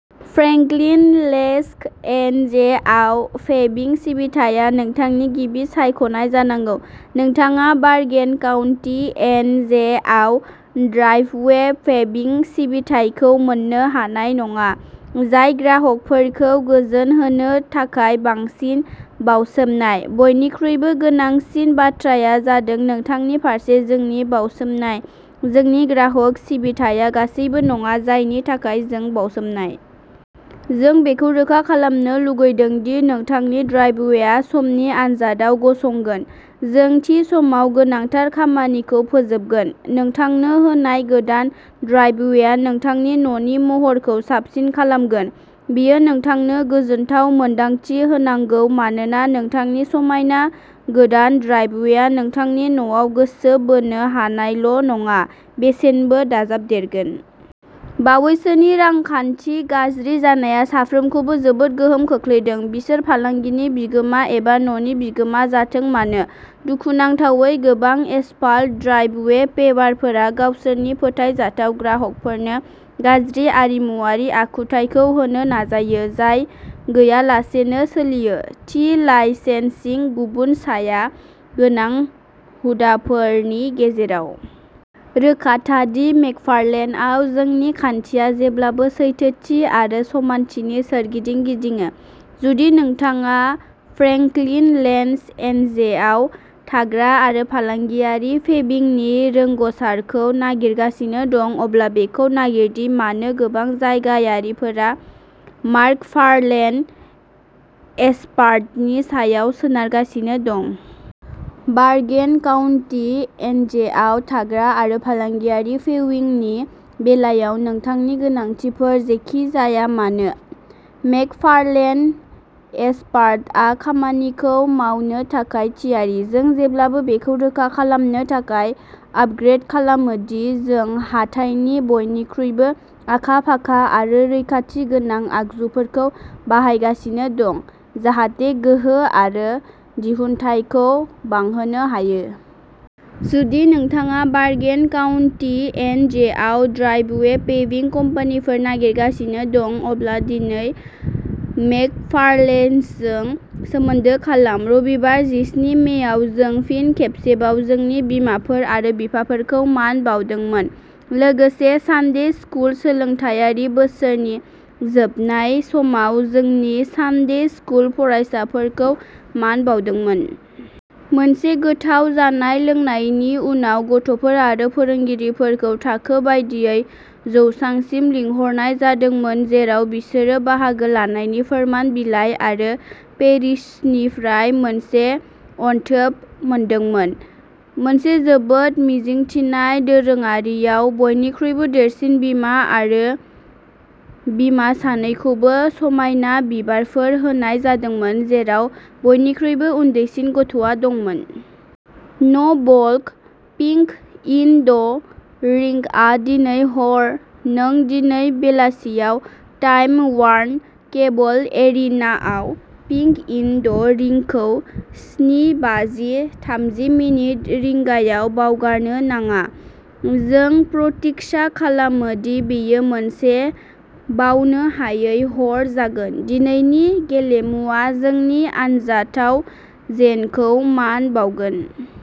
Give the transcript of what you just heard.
Franklin Lakes N J आव पेभिं सिबिथाया नोंथांनि गिबि सायख'नाय जानांगौ। नोंथाङा बार्गेन काउन्टि एन जे आव ड्राइभवे पेभिं सिबिथाइखौ मोननो हानाय नङा, जाय ग्राहकफोरखौ गोजोन होनो थाखाय बांसिन बावसोमनाय। बयनिख्रुइबो गोनांसिन बाथ्राया जादों नोंथांनि फारसे जोंनि बाउसोमनाय, जोंनि ग्राहक सिबिथाया गासिबो नङा, जायनि थाखाय जों बावसोमनाय। जों बेखौ रोखा खालामनो लुगैदों दि नोंथांनि ड्राइभवेआ समनि आन्जादआव गसंगोन। जों थि समाव गोनांथार खामानिखौ फोजोबगोन। नोंथांनो होनाय गोदान ड्राइभवेआ नोंथांनि न'नि महरखौ साबसिन खालामनांगौ। बेयो नोंथांनो गोजोनथाव मोन्दांथि होनांगौ मानोना नोंथांनि समायना गोदान ड्राइभवेआ नोंथांनि न'आव गोसो बोनो हानायल' नङा, बेसेनबो दाजाबदेरगोन। बावैसोनि रांखान्थि गाज्रि जानाया साफ्रोमखौबो जोबोद गोहोम खोख्लैदों, बिसोर फालांगिनि बिगोमा एबा न'नि बिगोमा जाथों मानो। दुखुनांथावै, गोबां एसफाल्ट ड्राइभवे पेभारफोरा गावसोरनि फोथायजाथाव ग्राहकफोरनो गाज्रि आरिमुआरि आखुथाइखौ होनो नाजायो, जाय गैयालासेनो सोलियो। थि लाइसेन्सिं, गुबुन साया गोनां हुदाफोरनि गेजेराव। रोखा था दि मेकफार्लेनआव, जोंनि खान्थिया जेब्लाबो सैथोथि आरो समानथिनि सोरगिदिं गिदिङो। जुदि नोंथाङा फ्रेंकलिन लेक्स एनजेआव थाग्रा आरो फालांगियारि पेभिंनि रोंग'सारखौ नागिरगासिनो दं, अब्ला बेखौ नागिर दि मानो गोबां जायगायारिफोरा मेकफार्लेन एसफाल्टनि सायाव सोनारगासिनो दं। बार्गेन काउन्टि एनजेआव थाग्रा आरो फालांगियारि पेविंगनि बेलायाव नोंथांनि गोनांथिफोर जेखि जाया मानो, मेकफार्लेन एसफाल्टआ खामानिखौ मावनो थाखाय थियारि। जों जेब्लाबो बेखौ रोखा खालामनो थाखाय आपग्रेद खालामो दि जों हाथाइनि बयनिख्रुइबो आखा-फाखा आरो रैखाथि गोनां आगजुफोरखौ बाहायगासिनो दं जाहाथे गोहो आरो दिहुनथायखौ बांहोनो हायो। जुदि नोंथाङा बार्गेन काउन्टि एन जे आव ड्राइभवे पेभिं कम्पानिफोर नागिरगासिनो दं अब्ला दिनै मेकफार्लेनजों सोमोन्दो खालाम रबिबार, जिस्नि मेआव, जों फिन खेबसेबाव जोंनि बिमाफोर आरो बिफाफोरखौ मान बावदोंमोन, लोगोसे सानडे स्कुल सोलोंथायारि बोसोरनि जोबनाय समाव जोंनि सानडे स्कुल फरायसाफोरखौ मान बावदोंमोन। मोनसे गोथाव जानाय लोंनायनि उनाव, गथ'फोर आरो फोरोंगिरिफोरखौ थाखो बायदियै जौसांसिम लिंहरनाय जादोंमोन जेराव बिसोरो बाहागो लानायनि फोरमान बिलाइ आरो पेरिशनिफ्राय मोनसे अनथोब मोनदोंमोन। मोनसे जोबोद मिजिंथिनाय दोरोङारियाव, बयनिख्रुइबो देरसिन बिमा आरो बिमा सानैखौबो समायना बिबारफोर होनाय जादोंमोन, जेराव बयनिख्रुइबो उन्दैसिन गथ'आ दंमोन। न' ब्लग पिंक इन द रिंकआ दिनै हर नों दिनै बेलासियाव टाइम वार्नार केबल एरिनाआव पिंक इन द रिंकखौ स्नि बाजि थामजि मिनिट रिंगायाव बावगारनो नाङा जों प्रतिज्ञा खालामो दि बेयो मोनसे बावनो हायै हर जागोन। दिनैनि गेलेमुआ जोंनि अनजाथाव जेनखौ मान बावगोन।